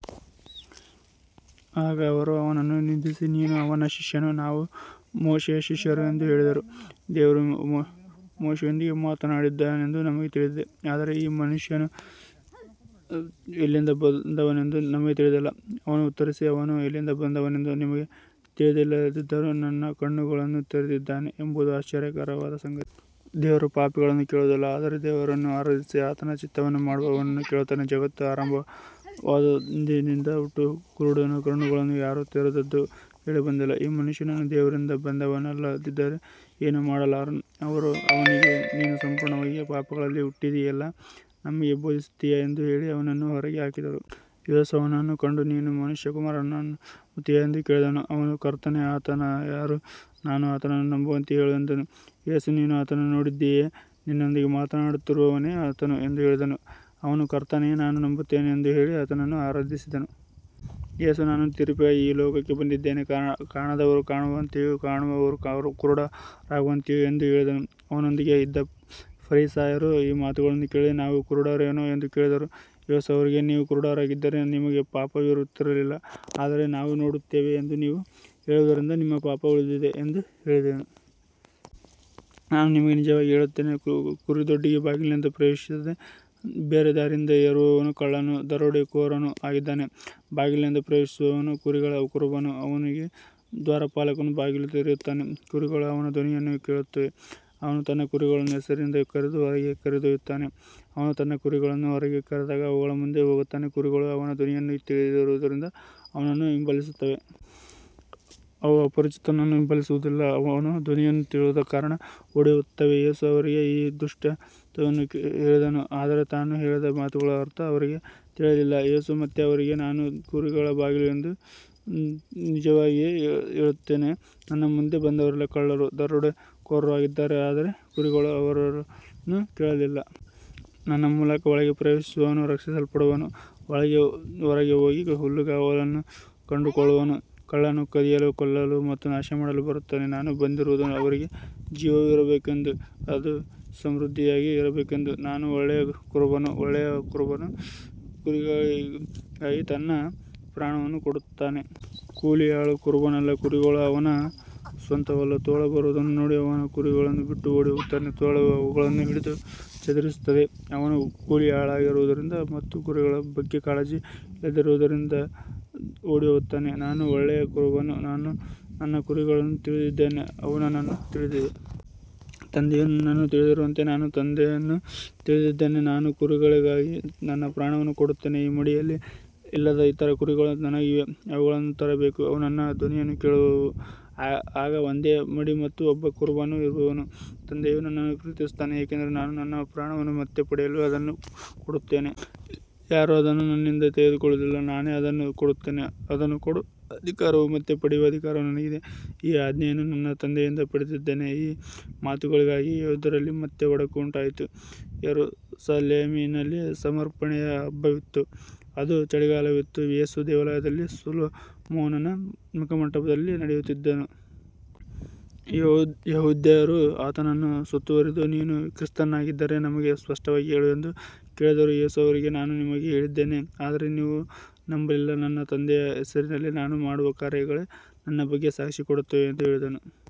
ಆಗ ಅವರು ಅವನನ್ನು ನಿಂದಿಸಿ, ನೀನು ಅವನ ಶಿಷ್ಯನು, ನಾವು ಮೋಶೆಯ ಶಿಷ್ಯರು ಎಂದು ಹೇಳಿದರು. ದೇವರು ಮೋಶೆಯೊಂದಿಗೆ ಮಾತನಾಡಿದ್ದಾನೆಂದು ನಮಗೆ ತಿಳಿದಿದೆ, ಆದರೆ ಈ ಮನುಷ್ಯನು ಎಲ್ಲಿಂದ ಬಂದವನೆಂದು ನಮಗೆ ತಿಳಿದಿಲ್ಲ. ಅವನು ಉತ್ತರಿಸಿ, ಅವನು ಎಲ್ಲಿಂದ ಬಂದವನೆಂದು ನಿಮಗೆ ತಿಳಿದಿಲ್ಲದಿದ್ದರೂ ನನ್ನ ಕಣ್ಣುಗಳನ್ನು ತೆರೆದಿದ್ದಾನೆ ಎಂಬುದು ಆಶ್ಚರ್ಯಕರವಾದ ಸಂಗತಿ. ದೇವರು ಪಾಪಿಗಳನ್ನು ಕೇಳುವುದಿಲ್ಲ, ಆದರೆ ದೇವರನ್ನು ಆರಾಧಿಸಿ ಆತನ ಚಿತ್ತವನ್ನು ಮಾಡುವವನನ್ನು ಕೇಳುತ್ತಾನೆ. ಜಗತ್ತು ಆರಂಭವಾದಂದಿನಿಂದ ಹುಟ್ಟುಕುರುಡನ ಕಣ್ಣುಗಳನ್ನು ಯಾರೂ ತೆರೆದದ್ದು ಕೇಳಿಬಂದಿಲ್ಲ. ಈ ಮನುಷ್ಯನು ದೇವರಿಂದ ಬಂದವನಲ್ಲದಿದ್ದರೆ ಏನೂ ಮಾಡಲಾರನು. ಅವರು ಅವನಿಗೆ, ನೀನು ಸಂಪೂರ್ಣವಾಗಿ ಪಾಪಗಳಲ್ಲಿ ಹುಟ್ಟಿದ್ದೀಯಲ್ಲಾ, ನಮಗೆ ಬೋಧಿಸುತ್ತೀಯಾ ಎಂದು ಹೇಳಿ ಅವನನ್ನು ಹೊರಗೆ ಹಾಕಿದರು. ಯೇಸು ಅವನನ್ನು ಕಂಡು, ನೀನು ಮನುಷ್ಯಕುಮಾರನನ್ನು ನಂಬುತ್ತೀಯಾ ಎಂದು ಕೇಳಿದನು. ಅವನು, ಕರ್ತನೇ, ಆತನು ಯಾರು, ನಾನು ಆತನನ್ನು ನಂಬುವಂತೆ ಹೇಳು ಎಂದನು. ಯೇಸು, ನೀನು ಆತನನ್ನು ನೋಡಿದ್ದೀಯೆ, ನಿನ್ನೊಂದಿಗೆ ಮಾತನಾಡುತ್ತಿರುವವನೇ ಆತನು ಎಂದು ಹೇಳಿದನು. ಅವನು, ಕರ್ತನೇ, ನಾನು ನಂಬುತ್ತೇನೆ ಎಂದು ಹೇಳಿ ಆತನನ್ನು ಆರಾಧಿಸಿದನು. ಯೇಸು, ನಾನು ತೀರ್ಪಿಗಾಗಿ ಈ ಲೋಕಕ್ಕೆ ಬಂದಿದ್ದೇನೆ, ಕಾಣದವರು ಕಾಣುವಂತೆಯೂ ಕಾಣುವವರು ಕುರುಡರಾಗುವಂತೆಯೂ ಎಂದು ಹೇಳಿದನು. ಅವನೊಂದಿಗೆ ಇದ್ದ ಫರಿಸಾಯರು ಈ ಮಾತುಗಳನ್ನು ಕೇಳಿ, ನಾವೂ ಕುರುಡರೇನು ಎಂದು ಕೇಳಿದರು. ಯೇಸು ಅವರಿಗೆ, ನೀವು ಕುರುಡರಾಗಿದ್ದರೆ ನಿಮಗೆ ಪಾಪವಿರುತ್ತಿರಲಿಲ್ಲ, ಆದರೆ ನಾವು ನೋಡುತ್ತೇವೆ ಎಂದು ನೀವು ಹೇಳುವುದರಿಂದ ನಿಮ್ಮ ಪಾಪ ಉಳಿದಿದೆ ಎಂದು ಹೇಳಿದನು. ನಾನು ನಿಮಗೆ ನಿಜವಾಗಿ ಹೇಳುತ್ತೇನೆ, ಕುರಿದೊಡ್ಡಿಗೆ ಬಾಗಿಲಿನಿಂದ ಪ್ರವೇಶಿಸದೆ ಬೇರೆ ದಾರಿಯಿಂದ ಏರುವವನು ಕಳ್ಳನೂ ದರೋಡೆಕೋರನೂ ಆಗಿದ್ದಾನೆ. ಬಾಗಿಲಿನಿಂದ ಪ್ರವೇಶಿಸುವವನು ಕುರಿಗಳ ಕುರುಬನು. ಅವನಿಗೆ ದ್ವಾರಪಾಲಕನು ಬಾಗಿಲು ತೆರೆಯುತ್ತಾನೆ, ಕುರಿಗಳು ಅವನ ಧ್ವನಿಯನ್ನು ಕೇಳುತ್ತವೆ, ಅವನು ತನ್ನ ಕುರಿಗಳನ್ನು ಹೆಸರಿನಿಂದ ಕರೆದು ಹೊರಗೆ ಕರೆದೊಯ್ಯುತ್ತಾನೆ. ಅವನು ತನ್ನ ಕುರಿಗಳನ್ನು ಹೊರಗೆ ಕರೆದಾಗ ಅವುಗಳ ಮುಂದೆ ಹೋಗುತ್ತಾನೆ, ಕುರಿಗಳು ಅವನ ಧ್ವನಿಯನ್ನು ತಿಳಿದಿರುವುದರಿಂದ ಅವನನ್ನು ಹಿಂಬಾಲಿಸುತ್ತವೆ. ಅವು ಅಪರಿಚಿತನನ್ನು ಹಿಂಬಾಲಿಸುವುದಿಲ್ಲ, ಅವನ ಧ್ವನಿಯನ್ನು ತಿಳಿಯದ ಕಾರಣ ಓಡಿಹೋಗುತ್ತವೆ. ಯೇಸು ಅವರಿಗೆ ಈ ದೃಷ್ಟಾಂತವನ್ನು ಹೇಳಿದನು, ಆದರೆ ತಾನು ಹೇಳಿದ ಮಾತುಗಳ ಅರ್ಥ ಅವರಿಗೆ ತಿಳಿಯಲಿಲ್ಲ. ಯೇಸು ಮತ್ತೆ ಅವರಿಗೆ, ನಾನು ಕುರಿಗಳ ಬಾಗಿಲು ಎಂದು ನಿಜವಾಗಿ ಹೇಳುತ್ತೇನೆ. ನನ್ನ ಮುಂದೆ ಬಂದವರೆಲ್ಲ ಕಳ್ಳರೂ ದರೋಡೆಕೋರರೂ ಆಗಿದ್ದಾರೆ, ಆದರೆ ಕುರಿಗಳು ಅವರನ್ನು ಕೇಳಲಿಲ್ಲ. ನನ್ನ ಮೂಲಕ ಒಳಗೆ ಪ್ರವೇಶಿಸುವವನು ರಕ್ಷಿಸಲ್ಪಡುವನು, ಒಳಗೆ ಹೊರಗೆ ಹೋಗಿ ಹುಲ್ಲುಗಾವಲನ್ನು ಕಂಡುಕೊಳ್ಳುವನು. ಕಳ್ಳನು ಕದಿಯಲು, ಕೊಲ್ಲಲು ಮತ್ತು ನಾಶಮಾಡಲು ಬರುತ್ತಾನೆ. ನಾನು ಬಂದಿರುವುದು ಅವರಿಗೆ ಜೀವವು ಇರಬೇಕೆಂದೂ ಅದು ಸಮೃದ್ಧಿಯಾಗಿ ಇರಬೇಕೆಂದೂ. ನಾನು ಒಳ್ಳೆಯ ಕುರುಬನು. ಒಳ್ಳೆಯ ಕುರುಬನು ಕುರಿಗಳಿಗಾಗಿ ತನ್ನ ಪ್ರಾಣವನ್ನು ಕೊಡುತ್ತಾನೆ. ಕೂಲಿಯಾಳು ಕುರುಬನಲ್ಲ, ಕುರಿಗಳು ಅವನ ಸ್ವಂತವಲ್ಲ. ತೋಳ ಬರುವುದನ್ನು ನೋಡಿ ಅವನು ಕುರಿಗಳನ್ನು ಬಿಟ್ಟು ಓಡಿಹೋಗುತ್ತಾನೆ, ತೋಳವು ಅವುಗಳನ್ನು ಹಿಡಿದು ಚದುರಿಸುತ್ತದೆ. ಅವನು ಕೂಲಿಯಾಳಾಗಿರುವುದರಿಂದ ಮತ್ತು ಕುರಿಗಳ ಬಗ್ಗೆ ಕಾಳಜಿ ಇಲ್ಲದಿರುವುದರಿಂದ ಓಡಿಹೋಗುತ್ತಾನೆ. ನಾನು ಒಳ್ಳೆಯ ಕುರುಬನು, ನನ್ನ ಕುರಿಗಳನ್ನು ತಿಳಿದಿದ್ದೇನೆ, ಅವು ನನ್ನನ್ನು ತಿಳಿದಿವೆ. ತಂದೆಯು ನನ್ನನ್ನು ತಿಳಿದಿರುವಂತೆ ನಾನು ತಂದೆಯನ್ನು ತಿಳಿದಿದ್ದೇನೆ. ನಾನು ಕುರಿಗಳಿಗಾಗಿ ನನ್ನ ಪ್ರಾಣವನ್ನು ಕೊಡುತ್ತೇನೆ. ಈ ಮಡಿಯಲ್ಲಿ ಇಲ್ಲದ ಇತರ ಕುರಿಗಳೂ ನನಗಿವೆ, ಅವುಗಳನ್ನೂ ತರಬೇಕು. ಅವು ನನ್ನ ಧ್ವನಿಯನ್ನು ಕೇಳುವವು, ಆಗ ಒಂದೇ ಮಡಿ ಮತ್ತು ಒಬ್ಬ ಕುರುಬನು ಇರುವನು. ತಂದೆಯು ನನ್ನನ್ನು ಪ್ರೀತಿಸುತ್ತಾನೆ, ಏಕೆಂದರೆ ನಾನು ನನ್ನ ಪ್ರಾಣವನ್ನು ಮತ್ತೆ ಪಡೆಯಲು ಅದನ್ನು ಕೊಡುತ್ತೇನೆ. ಯಾರೂ ಅದನ್ನು ನನ್ನಿಂದ ತೆಗೆದುಕೊಳ್ಳುವುದಿಲ್ಲ, ನಾನೇ ಅದನ್ನು ಕೊಡುತ್ತೇನೆ. ಅದನ್ನು ಕೊಡುವ ಅಧಿಕಾರವೂ ಮತ್ತೆ ಪಡೆಯುವ ಅಧಿಕಾರವೂ ನನಗಿದೆ. ಈ ಆಜ್ಞೆಯನ್ನು ನನ್ನ ತಂದೆಯಿಂದ ಪಡೆದಿದ್ದೇನೆ. ಈ ಮಾತುಗಳಿಗಾಗಿ ಯೆಹೂದ್ಯರಲ್ಲಿ ಮತ್ತೆ ಒಡಕು ಉಂಟಾಯಿತು. ಯೆರೂಸಲೇಮಿನಲ್ಲಿ ಸಮರ್ಪಣೆಯ ಹಬ್ಬವಿತ್ತು. ಅದು ಚಳಿಗಾಲವಾಗಿತ್ತು, ಯೇಸು ದೇವಾಲಯದಲ್ಲಿ ಸೊಲೊಮೋನನ ಮುಖಮಂಟಪದಲ್ಲಿ ನಡೆಯುತ್ತಿದ್ದನು. ಯೆಹೂದ್ಯರು ಆತನನ್ನು ಸುತ್ತುವರಿದು, ನೀನು ಕ್ರಿಸ್ತನಾಗಿದ್ದರೆ ನಮಗೆ ಸ್ಪಷ್ಟವಾಗಿ ಹೇಳು ಎಂದು ಕೇಳಿದರು. ಯೇಸು ಅವರಿಗೆ, ನಾನು ನಿಮಗೆ ಹೇಳಿದ್ದೇನೆ, ಆದರೆ ನೀವು ನಂಬಲಿಲ್ಲ. ನನ್ನ ತಂದೆಯ ಹೆಸರಿನಲ್ಲಿ ನಾನು ಮಾಡುವ ಕಾರ್ಯಗಳೇ ನನ್ನ ಬಗ್ಗೆ ಸಾಕ್ಷಿ ಕೊಡುತ್ತವೆ ಎಂದು ಹೇಳಿದನು.